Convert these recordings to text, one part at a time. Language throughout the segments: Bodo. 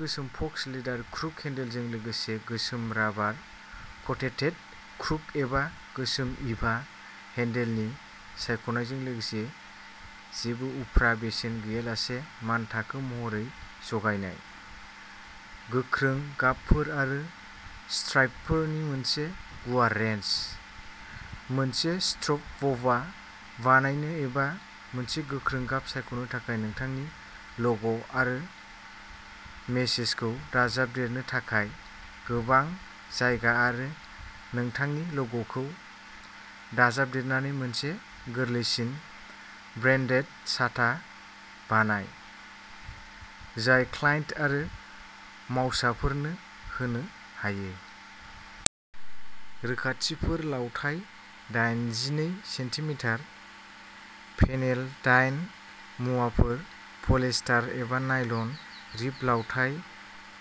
गोसोम फक्स लेदार क्रुक हेन्डेलजों लोगोसे गोसोम राबार क'टेटेड क्रुक एबा गोसोम इभा हेन्डेलनि सायख'नायजों लोगोसे जेबो उफ्रा बेसेन गैयालासे मानथाखो महरै जगायनाय। गोख्रों गाबफोर आरो स्ट्राइपफोरनि मोनसे गुवार रेन्ज। मोनसे स्ट्रिप व'वा बानायनो एबा मोनसे गोख्रों गाब सायख'नो थाखाय नोंथांनि ल'ग' आरो मेसेजखौ दाजाबदेरनो थाखाय गोबां जायगा आरो नोंथांनि ल'ग'खौ दाजाबदेरनानै मोनसे गोरलैसिन, ब्रान्डेड साथा बानाय, जाय क्लाइन्ट आरो मावसाफोरनो होनो हायो। रोखाथिफोर लावथाइ दायेनजिनै सेन्टि मिटार। पेनेल दायेन मुवाफोर पलियेस्टार एबा नायल'न रिब लावथाइ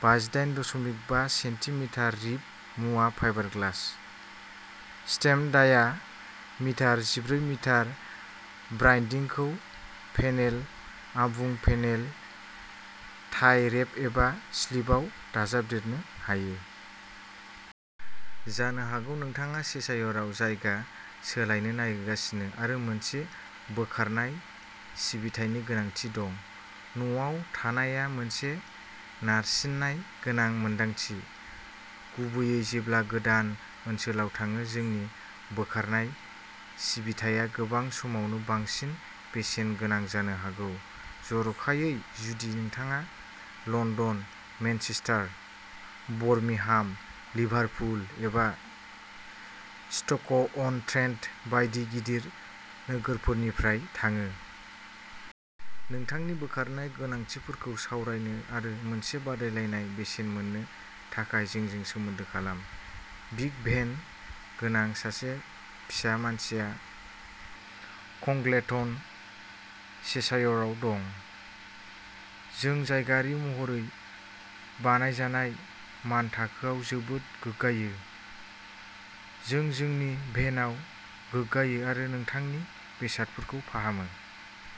बाजिदायेन दशमिक बा सेन्टि मिटार रिब मुवा फाइबारग्लास। स्टेम डाया मिटार जिब्रै मिटार ब्रान्डिंखौ पेनेल, आबुं पेनेल, टाइ रेप एबा स्लिभआव दाजाबदेरनो हायो। जानो हागौ नोंथाङा चेशायरआव जायगा सोलायनो नागिरगासिनो आरो मोनसे बोखारनाय सिबिथायनि गोनांथि दं। न'आव थांनाया मोनसे नारसिननाय गोनां मोनदांथि, गुबैयै जेब्ला गोदान ओनसोलाव थांङो जोंनि बोखारनाय सिबिथाया गोबां समावनो बांसिन बेसेन गोनां जानो हागौ, जर'खायै जुदि नोंथाङा लन्दन, मेनचेस्टार, बर्मिंहाम, लिभारपुल एबा स्ट'क-अन-ट्रेन्ट बायदि गिदिर नोगोरफोरनिफ्राय थांङो। नोंथांनि बोखारनाय गोनांथिफोरखौ सावरायनो आरो मोनसे बादायलायनाय बेसेन मोननो थाखाय जोंजों सोमोन्दो खालाम। बिग भेन गोनां सासे फिसा मानसिया कंग्लेटन, चेशायरआव दं। जों जायगायारि महरै बानायजानाय मानथाखोआव जोबोद गोग्गायो जों जोंनि भेनआव गोग्गायो आरो नोंथांनि बेसादफोरखौ फाहामो।